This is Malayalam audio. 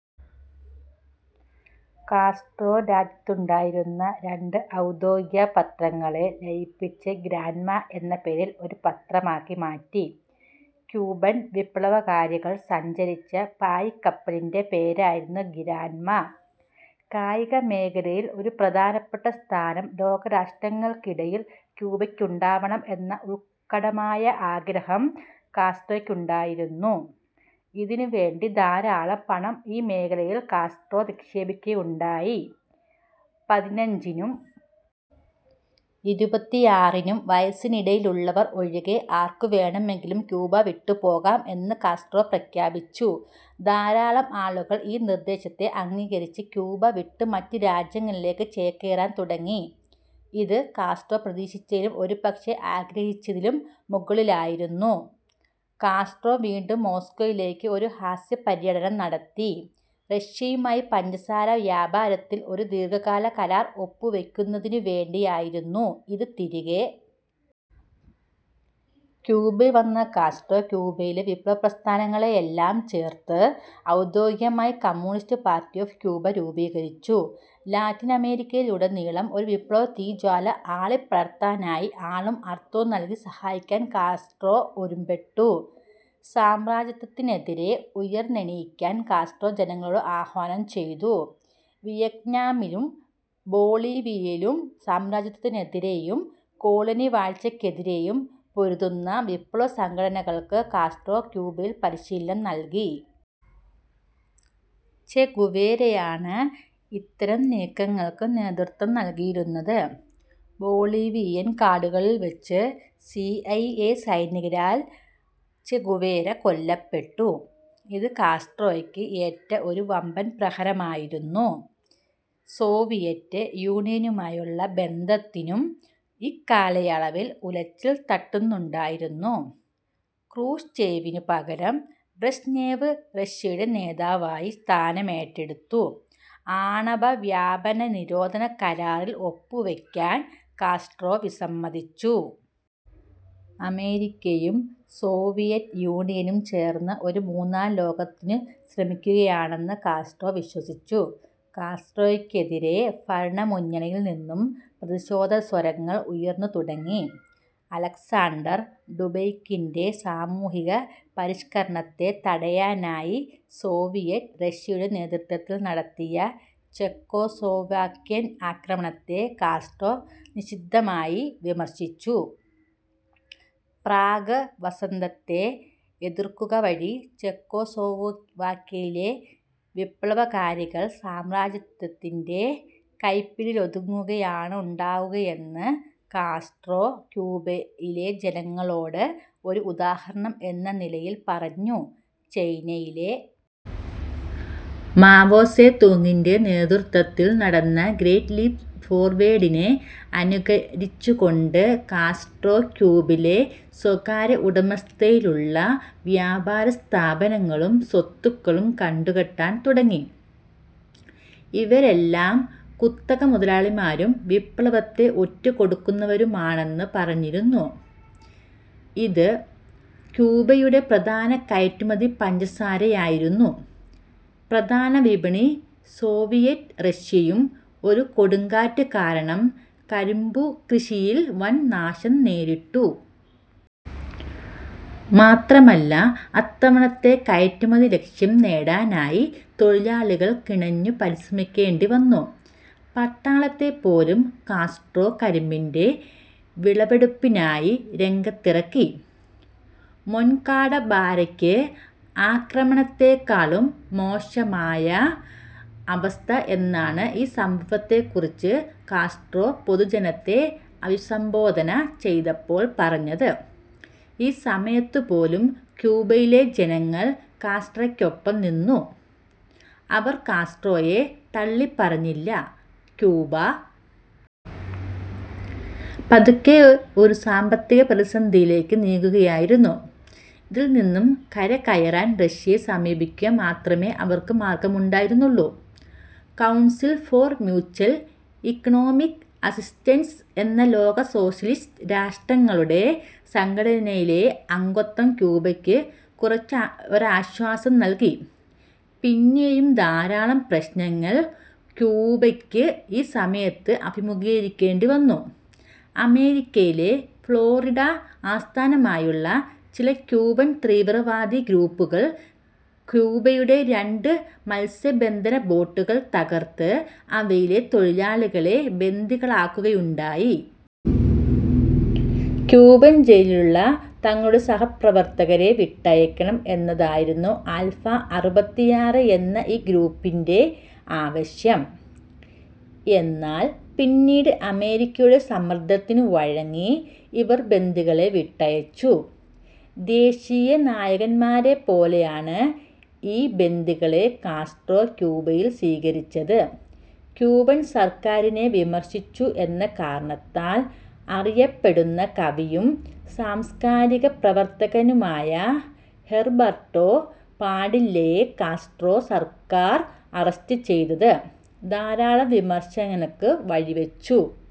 കാസ്ട്രോ രാജ്യത്തുണ്ടായിരുന്ന രണ്ട് ഔദ്യോഗിക പത്രങ്ങളെ ലയിപ്പിച്ച് ഗ്രന്മ എന്ന പേരിൽ ഒരു പത്രമാക്കി മാറ്റി. ക്യൂബൻ വിപ്ലവകാരികൾ സഞ്ചരിച്ച പായ്ക്കപ്പലിൻറെ പേരായിരുന്നു ഗ്രന്മ. കായികമേഖലയിൽ ഒരു പ്രധാനപ്പെട്ട സ്ഥാനം ലോകരാഷ്ട്രങ്ങൾക്കിടയിൽ ക്യൂബയ്ക്കുണ്ടാവണം എന്ന ഉൽക്കടമായ ആഗ്രഹം കാസ്ട്രോയ്ക്കുണ്ടായിരുന്നു. ഇതിനുവേണ്ടി ധാരാളം പണം ഈ മേഖലയിൽ കാസ്ട്രോ നിക്ഷേപിക്കുകയുണ്ടായി. പതിനഞ്ചിനും ഇരുപത്താറിനും വയസ്സിനിടയ്ക്കുള്ളവർ ഒഴികെ ആർക്കുവേണമെങ്കിലും ക്യൂബ വിട്ടുപോകാം എന്ന് കാസ്ട്രോ പ്രഖ്യാപിച്ചു. ധാരാളം ആളുകൾ ഈ നിർദ്ദേശത്തെ അംഗീകരിച്ച് ക്യൂബ വിട്ട് മറ്റു രാജ്യങ്ങളിലേക്കു ചേക്കേറാൻ തുടങ്ങി. ഇത് കാസ്ട്രോ പ്രതീക്ഷിച്ചതിലും, ഒരു പക്ഷേ ആഗ്രഹിച്ചതിലും മുകളിലായിരുന്നു. കാസ്ട്രോ വീണ്ടും മോസ്കോയിലേക്ക് ഒരു ഹ്രസ്വപര്യടനം നടത്തി. റഷ്യയുമായി പഞ്ചസാരവ്യാപാരത്തിൽ ഒരു ദീർഘകാല കരാർ ഒപ്പുവെക്കുന്നതിനുവേണ്ടിയായിരുന്നു ഇത്. തിരികെ ക്യൂബയിൽ വന്ന കാസ്ട്രോ ക്യൂബയിലെ വിപ്ലവപ്രസ്ഥാനങ്ങളെയെല്ലാം ചേർത്ത് ഔദ്യോഗികമായി കമ്മ്യൂണിസ്റ്റ് പാർട്ടി ഓഫ് ക്യൂബ രൂപീകരിച്ചു. ലാറ്റിനമേരിക്കയിലുടനീളം ഒരു വിപ്ലവത്തീജ്വാല ആളിപ്പടർത്താനായി ആളും അർത്ഥവും നൽകി സഹായിക്കാൻ കാസ്ട്രോ ഒരുമ്പെട്ടു. സാമ്രാജ്യത്വത്തിനെതിരേ ഉയർന്നെണീക്കാൻ കാസ്ട്രോ ജനങ്ങളോട് ആഹ്വാനം ചെയ്തു. വിയറ്റ്നാമിലും ബൊളീവിയയിലും സാമ്രാജ്യത്വത്തിനെതിരേയും കോളനിവാഴ്ചയ്ക്കെതിരേയും പൊരുതുന്ന വിപ്ലവസംഘടനകൾക്ക് കാസ്ട്രോ ക്യൂബയിൽ പരിശീലനം നൽകി. ചെ ഗുവേരയാണ് ഇത്തരം നീക്കങ്ങൾക്ക് നേതൃത്വം നൽകിയിരുന്നത്. ബൊളീവിയൻ കാടുകളിൽവച്ച് സി ഐ എ സൈനികരാൽ ചെ ഗുവേര കൊല്ലപ്പെട്ടു. ഇത് കാസ്ട്രോയ്ക്ക് ഏറ്റ ഒരു വമ്പൻ പ്രഹരമായിരുന്നു. സോവിയറ്റ് യൂണിയനുമായുള്ള ബന്ധത്തിനും ഇക്കാലയളവിൽ ഉലച്ചിൽ തട്ടുന്നുണ്ടായിരുന്നു. ക്രൂഷ്ചേവിനു പകരം ബ്രഷ്നേവ് റഷ്യയുടെ നേതാവായി സ്ഥാനമേറ്റെടുത്തു. ആണവവ്യാപനനിരോധന കരാറിൽ ഒപ്പുവയ്ക്കാൻ കാസ്ട്രോ വിസമ്മതിച്ചു. അമേരിക്കയും സോവിയറ്റ് യൂണിയനും ചേർന്ന് ഒരു മൂന്നാംലോകത്തിനു ശ്രമിക്കുകയാണെന്ന് കാസ്ട്രോ വിശ്വസിച്ചു. കാസ്ട്രോയ്ക്കെതിരേ ഭരണ മുന്നണിയിൽനിന്നും പ്രതിഷേധസ്വരങ്ങൾ ഉയർന്നുതുടങ്ങി. അലക്സാണ്ടർ ഡ്യൂബെക്കിൻറെ സാമൂഹിക പരിഷ്കരണത്തെ തടയാനായി സോവിയറ്റ് റഷ്യയുടെ നേതൃത്വത്തിൽ നടത്തിയ ചെക്കോസ്ലോവാക്യൻ ആക്രമണത്തെ കാസ്ട്രോ നിശിതമായി വിമർശിച്ചു. പ്രാഗ് വസന്തത്തെ എതിർക്കുക വഴി ചെക്കോസ്ലോവാക്യയിലെ വിപ്ലവകാരികൾ സാമ്രാജ്യത്വത്തിൻറെ കൈപ്പിടിയിലൊതുങ്ങുകയാണുണ്ടാവുകയെന്ന് കാസ്ട്രോ ക്യൂബയിലെ ജനങ്ങളോട് ഒരു ഉദാഹരണം എന്ന നിലയിൽ പറഞ്ഞു. ചൈനയിലെ മാവോ സേ തൂങ്ങിൻറെ നേതൃത്വത്തിൽ നടന്ന ഗ്രേറ്റ് ലീപ് ഫോർവേഡിനെ അനുകരിച്ചുകൊണ്ട് കാസ്ട്രോ ക്യൂബയിലെ സ്വകാര്യ ഉടമസ്ഥതയിലുള്ള വ്യാപാരസ്ഥാപനങ്ങളും സ്വത്തുക്കളും കണ്ടുകെട്ടാൻ തുടങ്ങി. ഇവരെല്ലാം കുത്തകമുതലാളിമാരും വിപ്ലവത്തെ ഒറ്റുകൊടുക്കുന്നവരുമാണെന്ന് പറഞ്ഞായിരുന്നു ഇത്. ക്യൂബയുടെ പ്രധാന കയറ്റുമതി പഞ്ചസാര ആയിരുന്നു. പ്രധാന വിപണി സോവിയറ്റ് റഷ്യയും. ഒരു കൊടുങ്കാറ്റ് കാരണം കരിമ്പുകൃഷിയിൽ വൻ നാശം നേരിട്ടു. മാത്രമല്ല, അത്തവണത്തെ കയറ്റുമതി ലക്ഷ്യം നേടാനായി തൊഴിലാളികൾ കിണഞ്ഞു പരിശ്രമിക്കേണ്ടിവന്നു. പട്ടാളത്തെപ്പോലും കാസ്ട്രോ കരിമ്പിൻറെ വിളവെടുപ്പിനായി രംഗത്തിറക്കി. മൊൻകാട ബാരക്ക് ആക്രമണത്തേക്കാളും മോശമായ അവസ്ഥ എന്നാണ് ഈ സംഭവത്തെക്കുറിച്ച് കാസ്ട്രോ പൊതുജനത്തെ അഭിസംബോധന ചെയ്തപ്പോൾ പറഞ്ഞത്. ഈ സമയത്തുപോലും ക്യൂബയിലെ ജനങ്ങൾ കാസ്ട്രോയ്ക്കൊപ്പം നിന്നു. അവർ കാസ്ട്രോയെ തള്ളിപ്പറഞ്ഞില്ല. ക്യൂബ പതുക്കെ ഒരു സാമ്പത്തിക പ്രതിസന്ധിയിലേക്കു നീങ്ങുകയായിരുന്നു. ഇതിൽനിന്നും കരകയറാൻ റഷ്യയെ സമീപിക്കുക മാത്രമേ അവർക്ക് മാർഗ്ഗമുണ്ടായിരുന്നുള്ളൂ. Council for Mutual Economic Assistance എന്ന ലോക സോഷ്യലിസ്റ്റ് രാഷ്ട്രങ്ങളുടെ സംഘടനയിലെ അംഗത്വം ക്യൂബയ്ക്ക് കുറച്ചൊരാശ്വാസം നൽകി. പിന്നെയും ധാരാളം പ്രശ്നങ്ങൾ ക്യൂബയ്ക്ക് ഈ സമയത്ത് അഭിമുഖീകരിക്കേണ്ടിവന്നു. അമേരിക്കയിലെ ഫ്ലോറിഡ ആസ്ഥാനമായുള്ള ചില ക്യൂബൻ തീവ്രവാദി ഗ്രൂപ്പുകൾ ക്യൂബയുടെ രണ്ട് മത്സ്യബന്ധന ബോട്ടുകൾ തകർത്ത് അവയിലെ തൊഴിലാളികളെ ബന്ദികളാക്കുകയുണ്ടായി. ക്യൂബൻ ജയിലിലുള്ള തങ്ങളുടെ സഹപ്രവർത്തകരെ വിട്ടയക്കണം എന്നതായിരുന്നു ആൽഫ അറുപത്തിയാറ് എന്ന ഈ ഗ്രൂപ്പിൻറെ ആവശ്യം. എന്നാൽ പിന്നീട് അമേരിക്കയുടെ സമ്മർദ്ദത്തിനു വഴങ്ങി ഇവർ ബന്ദികളെ വിട്ടയച്ചു. ദേശീയ നായകന്മാരെപ്പോലെയാണ് ഈ ബന്ദികളെ കാസ്ട്രോ ക്യൂബയിൽ സ്വീകരിച്ചത്. ക്യൂബൻ സർക്കാരിനെ വിമർശിച്ചു എന്ന കാരണത്താൽ അറിയപ്പെടുന്ന കവിയും സാംസ്കാരികപ്രവർത്തകനുമായ ഹെർബർട്ടോ പാഡില്ലയെ കാസ്ട്രോ സർക്കാർ അറസ്റ്റ് ചെയ്തത് ധാരാളം വിമർശനങ്ങൾക്ക് വഴിവച്ചു.